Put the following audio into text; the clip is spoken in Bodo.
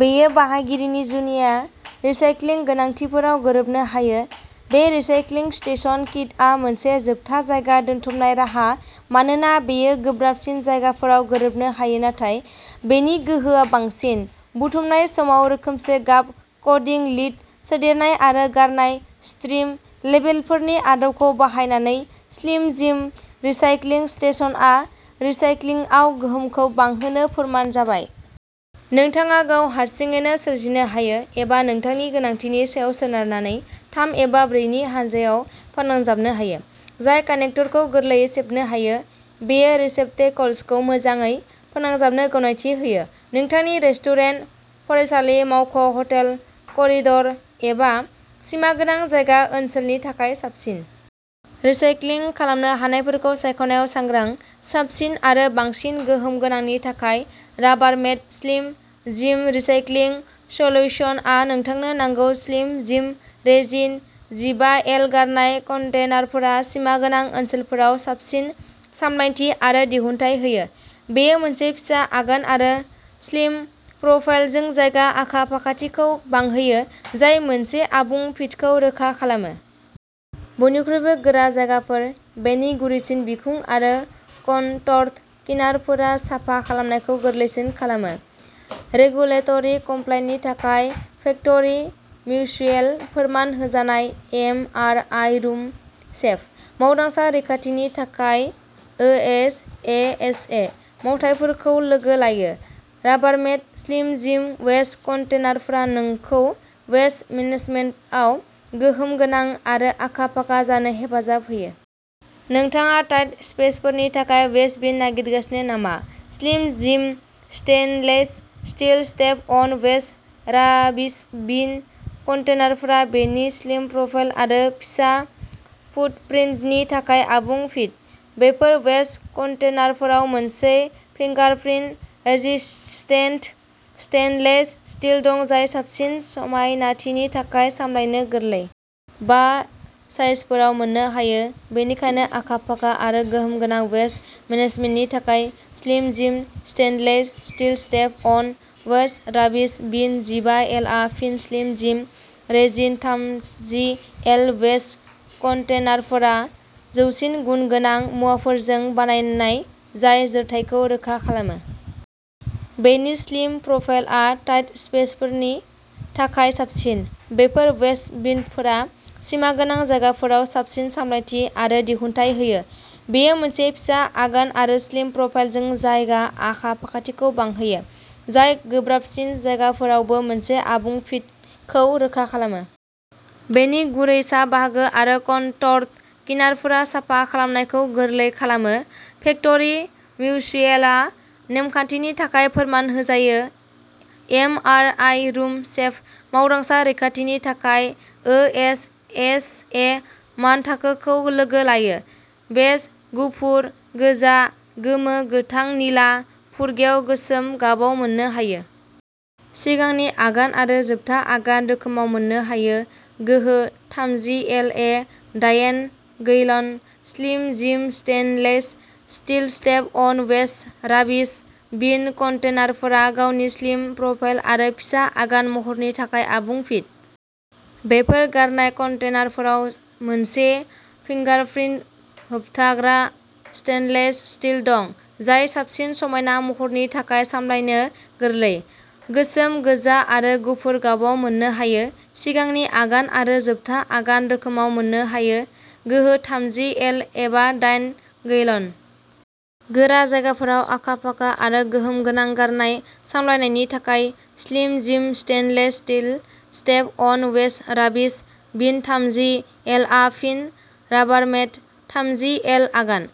बेयो बाहायगिरिनि जुनिया रिसाइक्लिं गोनांथिफोराव गोरोबनो हायो। बे रिसाइक्लिं स्टेशन किटआ मोनसे जोबथा जायगा दोनथुमनाय राहा मानोना बेयो गोब्राबसिन जायगाफोराव गोरोबनो हायो नाथाय बेनि गोहोआ बांसिन। बुथुमनाय समाव रोखोमसे गाब क'डिं, लिद सोदेरनाय आरो गारनाय स्ट्रिम लेबेलफोरनि आदबखौ बाहायनानै, स्लिम जिम रिसाइक्लिं स्टेशनआ रिसाइक्लिंआव गोहोमखौ बांहोनो फोरमान जाबाय। नोंथाङा गाव हारसिङैनो सोरजिनो हायो, एबा नोंथांनि गोनांथिनि सायाव सोनारनानै, थाम एबा ब्रै नि हानजायाव फोनांजाबनो हायो। जाय कानेक्टरखौ गोरलैयै सेबनो हायो, बेयो रिसेप्टेकल्सखौ मोजाङै फोनांजाबनो गनायथि होयो। नोंथांनि रेस्टुरेन्ट, फरायसालि, मावख', हटेल, करिडर, एबा सिमागोनां जायगा ओनसोलनि थाखाय साबसिन। रिसाइक्लिं खालामनो हानायफोरखौ सायख'नायाव सांग्रां, साबसिन आरो बांसिन गोहोम गोनांनि थाखाय, राबारमेड स्लिम जिम रिसाइक्लिं सल्युशनआ नोंथांनो नांगौ स्लिम जिम रेजिन जिबा एल गारनाय कन्टेनारफोरा सिमागोनां ओनसोलफोराव साबसिन सामलायथि आरो दिहुनथाइ होयो। बेयो मोनसे फिसा आगान आरो स्लिम प्रफाइलजों जायगा आखा फाखाथिखौ बांहोयो, जाय मोनसे आबुं फिटखौ रोखा खालामो। बयनिख्रुइबो गोरा जायगाफोर। बेनि गुरैसिन बिखं आरो कनटर्ड किनारफोरा साफा खालामनायखौ गोरलैसिन खालामो। रेगुलेटरि कमप्लायनि थाखाय फेक्टरि मिउचुएल फोरमान होजानाय। M R I room safe. मावदांसा रैखाथिनि थाखाय ओएसएचए मानथाखोफोरखौ लोगो लायो। राबारमेड स्लिम जिम वेस्ट कन्टेनारफोरा नोंखौ वेस्ट मेनेजमेन्टाव गोहोम गोनां आरो आखा-फाखा जानो हेफाजाब होयो। नोंथाङा टाइट स्पेसफोरनि थाखाय वेस्ट बिन नागिरगासिनो नामा? Slim Jim stainless steel step on waste rubbish bin कन्टेनारफोरा बेनि स्लिम प्रफाइल आरो फिसा फुटप्रिन्टनि थाखाय आबुं फिट। बेफोर वेस्ट कन्टेनारफोराव मोनसे फिंगारप्रिन्ट रेजिस्टेन्ट स्टेइनलेस स्टील दं जाय साबसिन समायनाथिनि थाखाय सामलायनो गोरलै। बा साइजफोराव मोननो हायो। बेनिखायनो आखा-फाखा आरो गोहोम गोनां वेस्ट मेनेजमेन्टनि थाखाय, Slim Jim stainless steel step on waste rubbish bin जिबा एलआ फिन स्लिम जिम रेजिन थामजि एल वेस्ट कन्टेनारफोरा जौसिन गुन गोनां मुवाफोरजों बानायनाय जाय जोरथाइखौ रोखा खालामो। बेनि स्लिम प्रफाइलआ टाइट स्पेसफोरनि थाखाय साबसिन। बेफोर वेस्ट बिनफोरा सिमागोनां जायगाफोराव साबसिन सामलायथि आरो दिहुनथाइ होयो। बेयो मोनसे फिसा आगान आरो स्लिम प्रफाइलजों जायगा आखा-फाखाथिखौ बांहोयो, जाय गोब्राबसिन जायगाफोरावबो मोनसे आबुं फिटखौ रोखा खालामो। बेनि गुरै सा बाहागो आरो कनटर्ड किनारफोरा साफा खालामनायखौ गोरलै खालामो। फेक्टरि मिउचुएलआ नेमखान्थिनि थाखाय फोरमान होजायो। M R I room safe. मावदांसा रैखाथिनि थाखाय ओएसएचए मानथाखोखौ लोगो लायो। बेज, गुफुर, गोजा, गोमो, गोथां, निला, फुरगेव, गोसोम गाबाव मोननो हायो। सिगांनि आगान आरो जोबथा आगान रोखोमाव मोननो हायो। गोहो थामजि एल एबा दायेन gallon. Slim Jim stainless steel step on waste rubbish bin कन्टेनारफोरा गावनि स्लिम प्रफाइल आरो फिसा आगान महरनि थाखाय आबुं फिट। बेफोर गारनाय कन्टेनारफोराव मोनसे फिंगारप्रिन्ट होबथाग्रा स्टेइनलेस स्टील दं, जाय साबसिन समायना महरनि थाखाय सामलायनो गोरलै। गोसोम, गोजा आरो गुफुर गाबाव मोननो हायो। सिगांनि आगान आरो जोबथा आगान रोखोमाव मोननो हायो। गोहो थामजि एल एबा दायेन गैलन। गोरा जायगाफोराव आखा-फाखा आरो गोहोम गोनां गारनाय सामलायनायनि थाखाय, Slim Jim stainless steel step on waste rubbish bin थामजि एलआ फिन राबारमेड थामजि एल आगान,